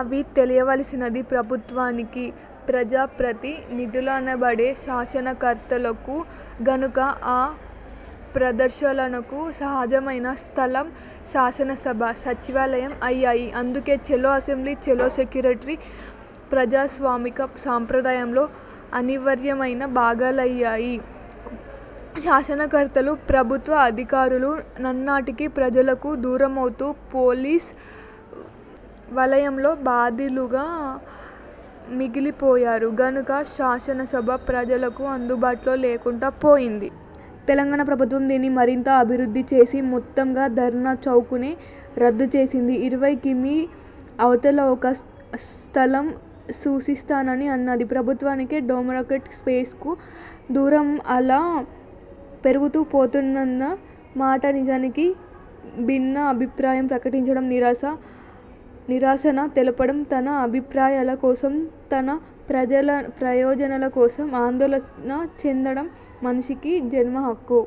అవి తెలియవలసినది ప్రభుత్వానికీ, ప్రజాప్రతినిధులనబడే శాసనకర్తలకూ గనుక ఆ ప్రదర్శనలకు సహజమైన స్థలం శాసనసభ, సచివాలయం అయ్యాయి. అందుకే చలో అసెంబ్లీ, చలో సెక్రటేరియట్ ప్రజాస్వామిక సంప్రదాయంలో అనివార్యమైన భాగాలయ్యాయి. శాసనకర్తలు, ప్రభుత్వాధికారులు నానాటికీ ప్రజలకు దూరమవుతూ, పోలీసు వలయంలో బందీలుగా మిగిలిపోయారు గనుక శాసనసభ ప్రజలకు అందుబాటులో లేకుండా పోయింది. తెలంగాణ ప్రభుత్వం దీన్ని మరింత "అభివృద్ధి" చేసి మొత్తంగా ధర్నా చౌక్ నే రద్దు చేసింది. ఇరవై కిమీ అవతల ఒక స్థలం సూచిస్తానని అన్నది. ప్రభుత్వానికీ డెమొక్రటిక్ స్పేస్ కూ దూరం అలా పెరుగుతూ పోతున్నదన్న మాట. నిజానికి భిన్నాభిప్రాయం ప్రకటించడం, నిరసన తెలపడం, తన అభిప్రాయాల కోసం, తన ప్రయోజనాల కోసం ఆందోళన చేయడం మనిషికి జన్మహక్కు.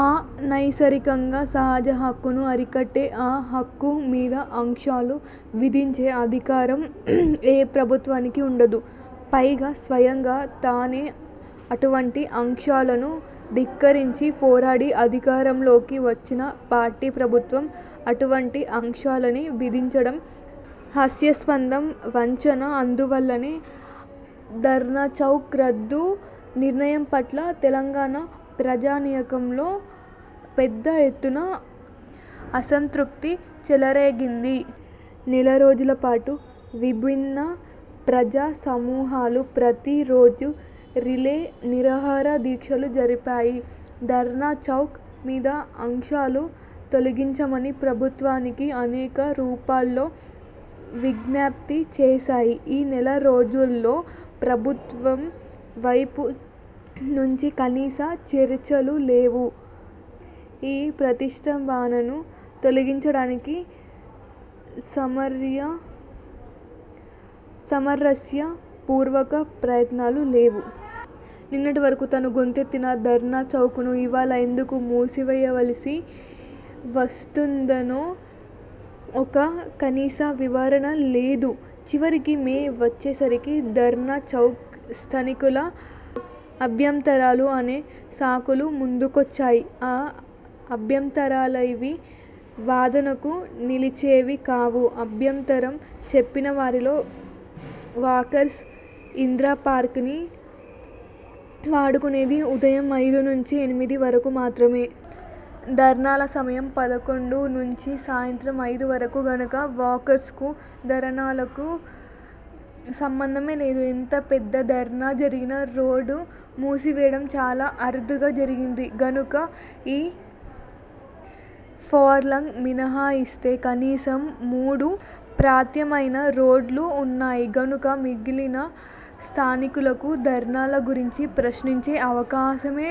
ఆ నైసర్గిక, సహజ హక్కును అరికట్టే, ఆ హక్కు మీద ఆంక్షలు విధించే అధికారం ఏ ప్రభుత్వానికీ ఉండదు. పైగా స్వయంగా తానే అటువంటి ఆంక్షలను ధిక్కరించి, పోరాడి అధికారంలోకి వచ్చిన పార్టీ ప్రభుత్వం అటువంటి ఆంక్షలనే విధించడం హాస్యాస్పదం, వంచన. అందువల్లనే ధర్నాచౌక్ రద్దు నిర్ణయం పట్ల తెలంగాణ ప్రజానీకంలో పెద్ద ఎత్తున అసంతృప్తి చెలరేగింది. నెల రోజుల పాటు విభిన్న ప్రజా సమూహాలు ప్రతి రోజూ రిలే నిరాహార దీక్షలు జరిపాయి. ధర్నా చౌక్ మీద ఆంక్షలు తొలగించమని ప్రభుత్వానికి అనేక రూపాల్లో విజ్ఞప్తి చేశాయి. ఈ నెలరోజుల్లో ప్రభుత్వం వైపు నుంచి కనీస చర్చలు లేవు, ఈ ప్రతిష్టంభనను తొలగించడానికి సామరస్యపూర్వక ప్రయత్నాలు లేవు. నిన్నటివరకూ తానూ గొంతెత్తిన ధర్నా చౌక్ ను ఇవాళ ఎందుకు మూసివేయవలసి వస్తున్నదో ఒక కనీస వివరణ లేదు. చివరికి మే వచ్చేసరికి ధర్నా చౌక్ స్థానికుల అభ్యంతరాలు అనే సాకులు ముందుకొచ్చాయి. ఆ అభ్యంతరాలేవీ వాదనకు నిలిచేవి కావు. అభ్యంతరం చెప్పినవారిలో వాకర్స్ ఇందిరాపార్క్ను వాడుకునేది ఉదయం ఐదు నుంచి ఎనిమిది వరకు మాత్రమే. ధర్నాల సమయం పదకొండు నుంచి సాయంత్రం ఐదు వరకు గనుక వాకర్స్ కూ ధర్నాలకూ సంబంధమే లేదు. ఎంత పెద్ద ధర్నా జరిగినా రోడ్డు మూసివేయడం చాల అరుదుగా జరిగింది గనుక, ఈ ఫర్లాంగు మినహాయిస్తే కనీసం మూడు ప్రత్యామ్నాయ రోడ్లు ఉన్నాయి గనుక మిగిలిన స్థానికులకూ ధర్నాల గురించి ప్రశ్నించే అవకాశమే లేదు.